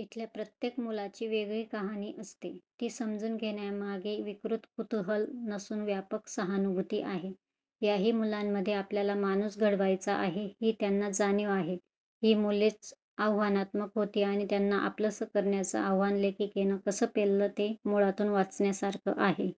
इथल्या प्रत्येक मुलाची वेगळी कहाणी असते. ती समजून घेण्यामागे विकृत कुतूहल नसून व्यापक सहानुभूती आहे. याही मुलांमध्ये आपल्याला माणूस घडवायचा आहे ही त्यांना जाणीव आहे. ही मुलेच आव्हानात्मक होती आणि त्यांना आपलंस करण्याचं आव्हान लेखिकेनं कसं पेललं ते मुळातून वाचण्यासारखं आहे.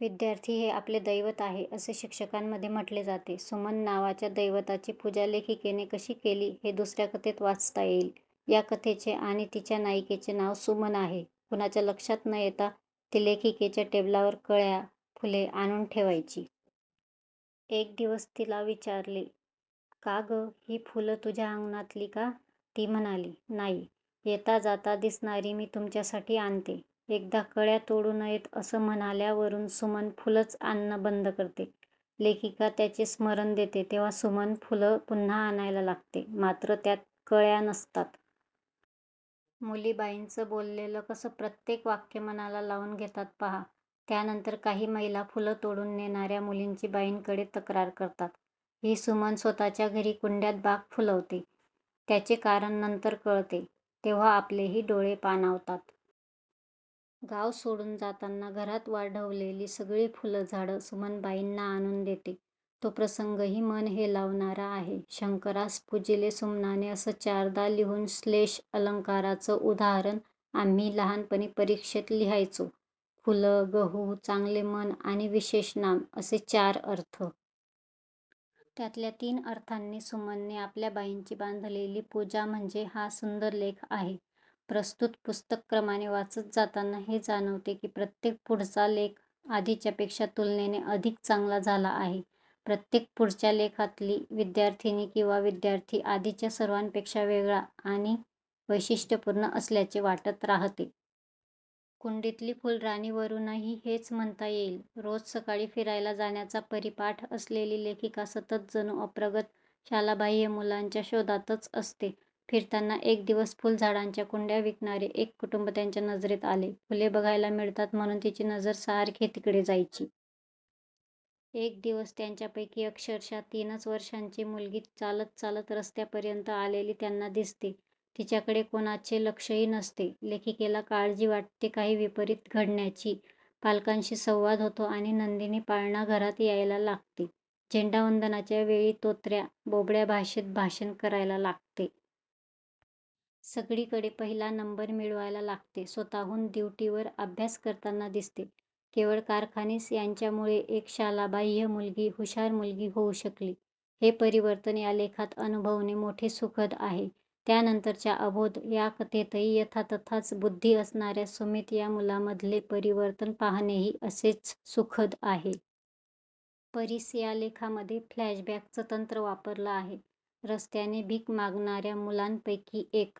विद्यार्थी हे आपले दैवत आहे, असे शिक्षकांमध्ये म्हटले जाते. सुमन नावाच्या दैवताची पूजा लेखिकेने कशी केली, हे दुसऱ्या कथेत वाचता येईल. या कथेचे आणि तिच्या नायिकेचे नाव सुमन आहे. कुणाच्या लक्षात न येता ती लेखिकेच्या टेबलावर कळ्या, फुले आणून ठेवायची. एक दिवस तिला विचारले, का गं, ही फुलं तुझ्या अंगणातली का? ती म्हणाली, नाही, येता जाता दिसणारी मी तुमच्यासाठी आणते. एकदा कळ्या तोडू नयेत, असं म्हणाल्यावरून सुमन फुलंच आणणं बंद करते. लेखिका त्याचे स्मरण देते, तेव्हा सुमन फुलं पुन्हा आणायला लागते, मात्र त्यात कळ्या नसतात. मुली बाईंचं बोललेलं कसं प्रत्येक वाक्य मनाला लावून घेतात पहा. त्यानंतर काही महिला फुलं तोडून नेणाऱ्या मुलींची बाईंकडे तक्रार करतात. ही सुमन स्वतःच्या घरी कुंड्यात बाग फुलवते. त्याचे कारण नंतर कळते. तेव्हा आपलेही डोळे पाणावतात. गाव सोडून जाताना घरात वाढवलेली सगळी फुलझाडं सुमन बाईंना आणून देते तो प्रसंगही मन हेलावणारा आहे. शंकरास पूजिले सुमनाने असं चारदा लिहून श्लेष अलंकाराचं उदाहरण आम्ही लहानपणी परीक्षेत लिहायचो. फूल, गहू, चांगले मन आणि विशेषनाम असे चार अर्थ. त्यातल्या तीन अर्थांनी सुमनने आपल्या बाईंची बांधलेली पूजा म्हणजे हा सुंदर लेख आहे. प्रस्तुत पुस्तक क्रमाने वाचत जाताना हे जाणवते की प्रत्येक पुढचा लेख आधीच्यापेक्षा तुलनेने अधिक चांगला झाला आहे. प्रत्येक पुढच्या लेखातली विद्यार्थिनी किंवा विद्यार्थी आधीच्या सर्वांपेक्षा वेगळा आणि वैशिष्ट्यपूर्ण असल्याचे वाटत राहते. कुंडीतली फुलराणीवरूनही हेच म्हणता येईल. रोज सकाळी फिरायला जाण्याचा परिपाठ असलेली लेखिका सतत जणू अप्रगत, शालाबाह्य मुलांच्या शोधातच असते. फिरताना एक दिवस फुलझाडांच्या कुंड्या विकणारे एक कुटुंब त्यांच्या नजरेत आले. फुले बघायला मिळतात म्हणून तिची नजर सारखी तिकडे जायची. एक दिवस त्यांच्यापैकी अक्षरशः तीनच वर्षांची मुलगी चालत चालत रस्त्यापर्यंत आलेली त्यांना दिसते. तिच्याकडे कोणाचे लक्षही नसते. लेखिकेला काळजी वाटते काही विपरीत घडण्याची. पालकांशी संवाद होतो आणि नंदिनी पाळणाघरात यायला लागते. झेंडावंदनाच्या वेळी तोतऱ्या, बोबड्या भाषेत भाषण करायला लागते. सगळीकडे पहिला नंबर मिळवायला लागते. स्वतःहून दिवटीवर अभ्यास करताना दिसते. केवळ कारखानीस यांच्यामुळे एक शालाबाह्य मुलगी हुषार मुलगी होऊ शकली. हे परिवर्तन या लेखात अनुभवणे मोठे सुखद आहे. त्यानंतरच्या अबोध या कथेतही यथातथाच बुद्धी असणाऱ्या सुमित या मुलामधले परिवर्तन पाहणेही असेच सुखद आहे. परीस या लेखामध्ये फ्लॅशबॅकचं तंत्र वापरलं आहे. रस्त्याने भीक मागणाऱ्या मुलांपैकी एक